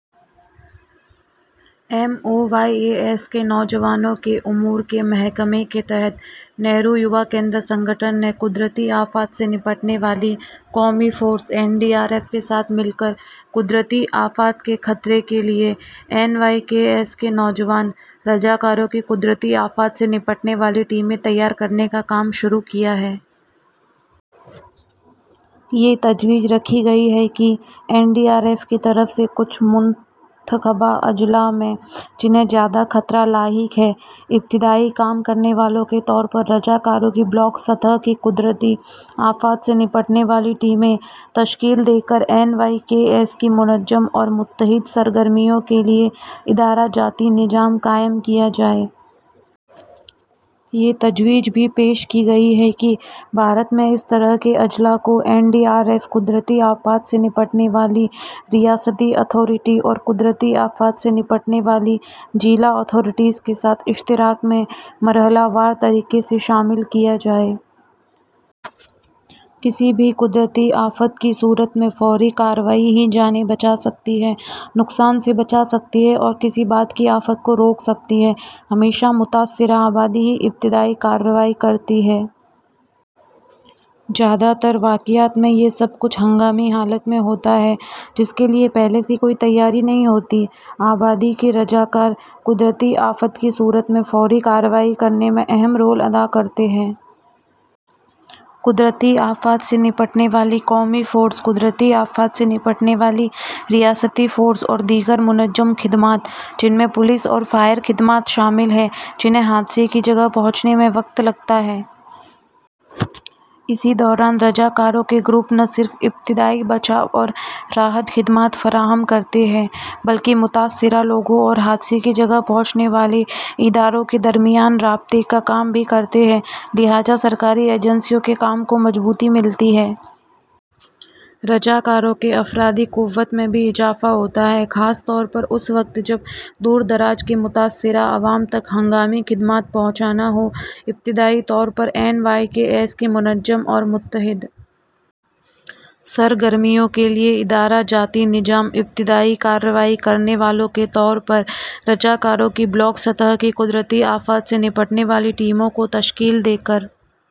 M O Y A S کے نوجوانوں کے امور کے محکمے کے تحت نہرو یوا کیندرسنگھٹن نے قدرتی آفات سے نمٹنے والی قومی force N D R F کے ساتھ مل کر قدرتی آفات کے خطرے کے لئے این وائی کے ایس کے نوجوان رضاکاروں کی قدرتی آفات سے نمٹنے والی ٹیمیں تیار کرنے کا کام شروع کیا ہے۔ یہ تجویزرکھی گئی ہے کہ این ڈی آر ایف کی طرف سے کچھ منتخبہ اضلاع میں جنہیں زیادہ خطرہ لاحق ہے ، ابتدائی کام کرنے والوں کے طور پر رضاکاروںکی بلا ک سطح کی قدرتی آفات سے نمٹنے والی ٹیمیں تشکیل دے کر این وائی کے ایس کی منظم اورمربوط سرگرمیوں کے لئے ادارہ جاتی نظام قائم کیا جائے۔ یہ تجویز بھی پیش کی گئی ہے کہ بھارت میں ا س طرح کے اضلاع کو این ڈی آر ایف ، قدرتی آفات سے نمٹنے والی ریاستی اتھارٹی اور قدرتی آفات سے نمٹنے والی ضلع authorities D D M A کے ساتھ اشتراک میں مرحلے وار طریقے سے شامل کیاجائے۔ کسی بھی قدرتی آفت کی صورت میں فوری کارروائی ہی جانیں بچا سکتی ہے، نقصان سے بچا سکتی ہے اور کسی بعد کی آفت کو روک سکتی ہے۔ ہمیشہ متاثرہ آبادی ہی ابتدائی کارروائی کرتی ہے۔ زیادہ ترواقعات میں یہ سب کچھ ہنگامی حالت میں ہوتا ہے ،جس کے لئے پہلےسے کوئی تیاری نہیں ہوتی۔ آبادی کے رضاکار قدرتی آفت کی صورت میں فوری کارروائی کرنے میں اہم رول ادا کرتے ہیں۔ قدرتی آفات سے نمٹنے والی قومی فورس ، قدرتی آفات سے نمٹنے والی ریاستی فورس اوردیگر منظم خدمات جن میں پولیس اورفائر خدمات شامل ہیں ، جنہیں حادثے کی جگہ پہنچنے میں وقت لگتا ہے۔ اسی دوران رضاکاروں کے گروپ نہ صرف ابتدائی بچاؤ اورراحت خدمات فراہم کرتے ہیں بلکہ متاثرہ لوگوں اور حادثے کی جگہ پہنچنے والے اداروں کے درمیان رابطے کا کام بھی کرتے ہیں لہٰذا سرکاری ایجنسیوں کے کام کو مضبوطی ملتی ہے۔ رضاکاروں سے افرادی قوت میں بھی اضافہ ہوتا ہے۔ خاص طورپر اس وقت جب دوردراز کے متاثرہ عوام تک ہنگامی خدمات پہنچانا ہو۔ ابتدائی طورپر این وائی کے ایس کی منظم اور مربوط سرگرمیوں کے لئے ادارہ جاتی نظام ، ابتدائی کارروائی کرنے والوں کے طور پر رضاکاروں کی بلاک سطح کی قدرتی آفات سے نمٹنے والی ٹیموں کوتشکیل دے کر